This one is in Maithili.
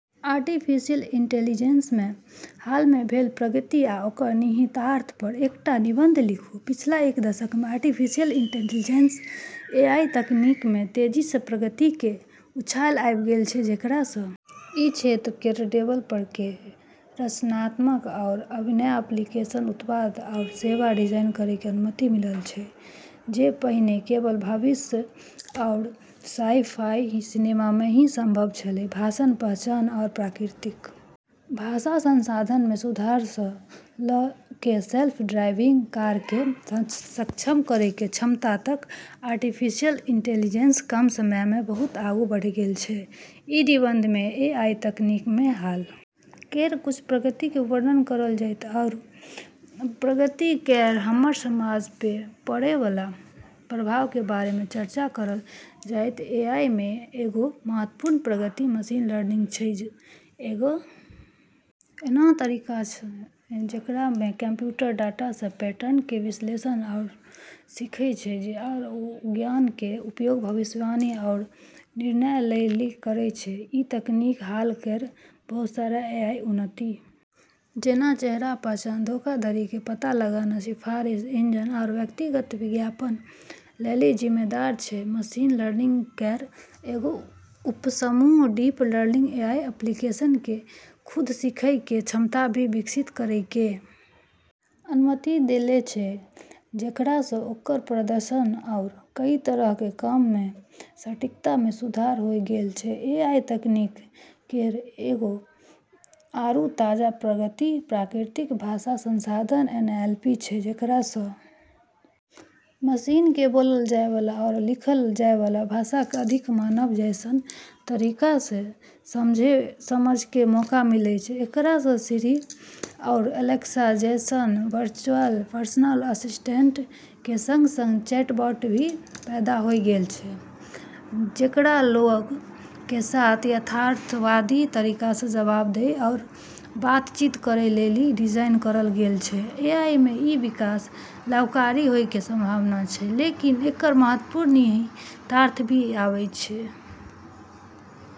आर्टिफिशियल इंटेलिजेंस मे हाल मे भेल प्रगति आ ओकर निहितार्थ पर एकटा निबंध लिखू, पिछला एक दशक मे आर्टिफिशियल इंटेलिजेंस एआई तकनीक मे तेजी से प्रगति के उछाल आबी गेलऽ छै जेकरा से ई क्षेत्र केरऽ डेवलपर के रचनात्मक आरू अभिनव एप्लीकेशन, उत्पाद, आरू सेवा डिजाइन करै के अनुमति मिललऽ छै जे पहिने केवल भविष्य आरू साइ-फाई सिनेमा मे ही संभव छेलै, भाषण पहचान आरू प्राकृतिक भाषा संसाधन मे सुधार स ल कै सेल्फ ड्राइविंग कार क सक्षम करै के क्षमता तक आर्टिफिशियल इंटेलिजेंस कम समय मे बहुत आगू बढ़ी गेलऽ छै, ई निबंध मे एआई तकनीक मे हाल केरऽ कुछ प्रगति के वर्णन करलऽ जैतै आरू ई प्रगति केरऽ हमरऽ समाज पे पड़ै वाला प्रभाव के बारे मे चर्चा करलऽ जैतै, एआई मे एगो महत्वपूर्ण प्रगति मशीन लर्निंग छै जे एगो ऐन्हऽ तरीका छै जेकरा मे कंप्यूटर डाटा से पैटर्न के विश्लेषण आरू सीखै छै आरू उ ज्ञान के उपयोग भविष्यवाणी आरू निर्णय लेली करै छै, ई तकनीक हाल केरऽ बहुत सारा एआई उन्नति जेना चेहरा पहचान, धोखाधड़ी के पता लगाना, सिफारिश इंजन आरू व्यक्तिगत विज्ञापन लेली जिम्मेदार छै, मशीन लर्निंग केरऽ एगो उपसमूह डीप लर्निंग एआई एप्लीकेशन के खुद सीखै के क्षमता भी विकसित करै के अनुमति देले छै जेकरा से ओकरऽ प्रदर्शन आरू कई तरह के काम मे सटीकता मे सुधार होय गेलऽ छै, एआई तकनीक केरऽ एगो आरू ताजा प्रगति प्राकृतिक भाषा संसाधन एनएलपी छै जेकरा स मशीनऽ के बोललऽ जाय वाला आरू लिखलऽ जाय वाला भाषा के अधिक मानव जैसनऽ तरीका से समझ के मौका मिललऽ छै, एकरा से सिरी आरू एलेक्सा जैसनऽ वर्चुअल पर्सनल असिस्टेंट के संग-संग चैटबॉट भी पैदा होय गेलऽ छै जेकरा लोगऽ के साथ यथार्थवादी तरीका से जवाब दै आरू बातचीत करै लेली डिजाइन करलऽ गेलऽ छै, एआई मे ई विकास लाभकारी होय के संभावना छै, लेकिन एकरऽ महत्वपूर्ण निहितार्थ भी आबै छै।